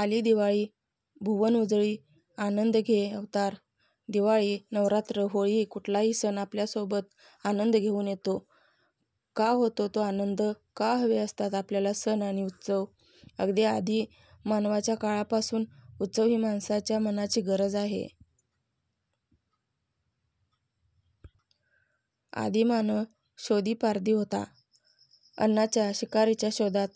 आली दिवाळी, भुवन उजळी, आनंद घे अवतार" दिवाळी, नवरात्र, होळी… कुठलाही सण आपल्यासोबत आनंद घेऊन येतो. का होतो तो आनंद? का हवे असतात आपल्याला सण आणि उत्सव? अगदी आदिमानवाच्या काळापासून उत्सव ही माणसाच्या मनाची गरज आहे. आदिमानव शोधीपारधी होता. अन्नाच्या, शिकारीच्या शोधात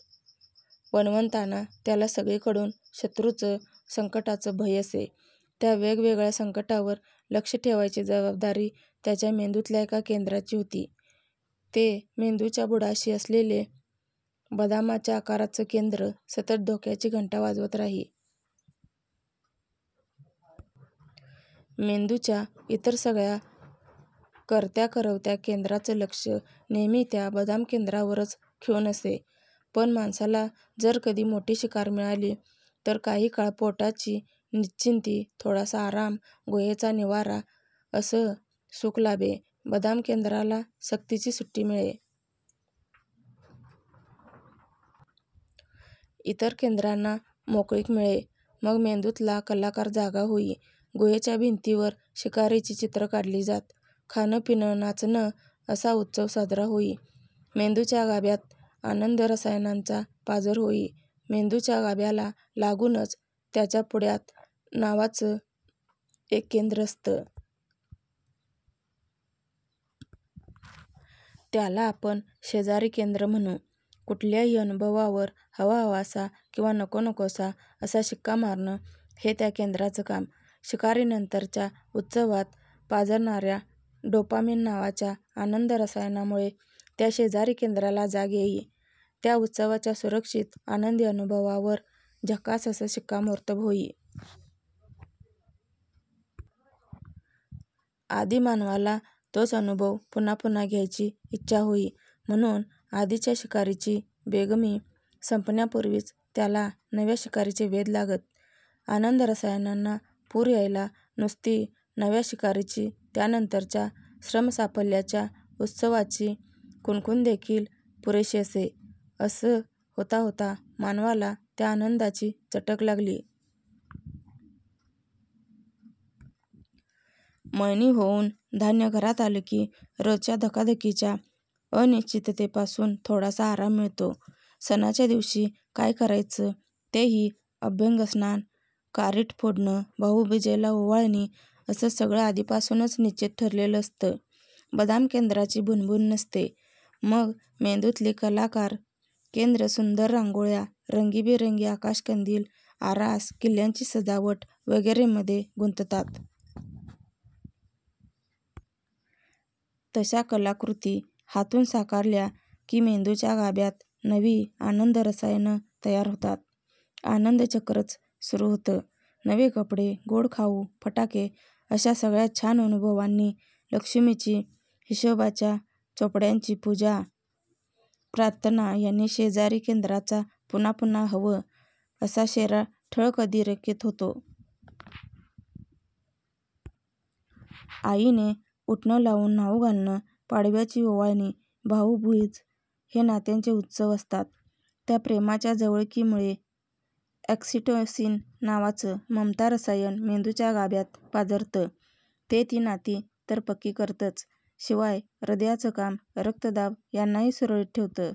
वणवणताना त्याला सगळीकडून शत्रूंचं, संकटांचं भय असे. त्या वेगवेगळ्या संकटांवर लक्ष ठेवायची जबाबदारी त्याच्या मेंदूतल्या एका केंद्राची होती. ते मेंदूच्या बुडाशी असलेलं बदामाच्या आकाराचं केंद्र सतत धोक्याची घंटा वाजवत राही. मेंदूच्या इतर सगळ्या कर्त्याकरवत्या केंद्रांचं लक्ष नेहमी त्या बदामकेंद्रावरच खिळून असे. पण माणसाला जर कधी मोठी शिकार मिळाली तर काही काळ पोटाची निश्चिंती, थोडासा आराम, गुहेचा निवारा असं सुख लाभे. बदामकेंद्राला सक्तीची सुट्टी मिळे. इतर केंद्रांना मोकळीक मिळे. मग मेंदूतला कलाकार जागा होई. गुहेच्या भिंतीवर शिकारीची चित्रं काढली जात. खाणं-पिणं-नाचणं असा उत्सव साजरा होई. मेंदूच्या गाभ्यात आनंद-रसायनांचा पाझर होई. मेंदूच्या गाभ्याला लागूनच, त्याच्या पुढ्यात नावाचं एक केंद्र असतं. त्याला आपण 'शेजारी' केंद्र म्हणू. कुठल्याही अनुभवावर 'हवाहवासा' किंवा 'नकोनकोसा' असा शिक्का मारणं, हे त्या केंद्राचं काम. शिकारीनंतरच्या उत्सवात पाझरणाऱ्या 'डोपामीन' नावाच्या आनंदरसायनामुळे त्या 'शेजारी' केंद्राला जाग येई. त्या उत्सवाच्या सुरक्षित, आनंदी अनुभवावर 'झक्कास' असं शिक्कामोर्तब होई. आदिमानवाला तोच अनुभव पुन्हा पुन्हा घ्यायची इच्छा होई. म्हणून आधीच्या शिकारीची बेगमी संपण्यापूर्वीच त्याला नव्या शिकारीचे वेध लागत. आनंद-रसायनांना पूर यायला नुसती नव्या शिकारीची, त्यानंतरच्या श्रमसाफल्याच्या उत्सवाची कुणकुणदेखील पुरेशी असे. असं होता होता मानवाला त्या आनंदाची चटक लागली. मळणी होऊन धान्य घरात आलं की, रोजच्या धकाधकीच्या अनिश्चिततेपासून थोडासा आराम मिळतो. सणाच्या दिवशी काय करायचं तेही, अभ्यंगस्नान, कारिट फोडणं, भाऊबीजेला ओवाळणी असं सगळं आधीपासूनच निश्चित ठरलेलं असतं. बदामकेंद्राची भुणभुण नसते. मग मेंदूतली कलाकार केंद्रं सुंदर रांगोळ्या, रंगीबेरंगी आकाशकंदील, आरास, किल्ल्यांची सजावट वगैरेंमध्ये गुंगतात. तशा कलाकृती हातून साकारल्या की मेंदूच्या गाभ्यात नवी आनंदरसायनं तयार होतात. आनंदचक्रच सुरू होतं. नवे कपडे, गोड खाऊ, फटाके अशा सगळ्या छान अनुभवांनी, लक्ष्मीची, हिशेबाच्या चोपड्यांची पूजा, प्रार्थना यांनी 'शेजारी' केंद्राचा 'पुन्हा पुन्हा हवं' असा शेरा ठळक, अधोरेखित होतो. आईने उटणं लावून न्हाऊ घालणं, पाडव्याची ओवाळणी, भाऊबीज हे नात्यांचे उत्सव असतात. त्या प्रेमाच्या जवळिकीमुळे 'ऑक्सिटोसिन' नावाचं ममता-रसायन मेंदूच्या गाभ्यात पाझरतं. ते ती नाती तर पक्की करतंच, शिवाय हृदयाचं काम, रक्तदाब यांनाही सुरळीत ठेवतं.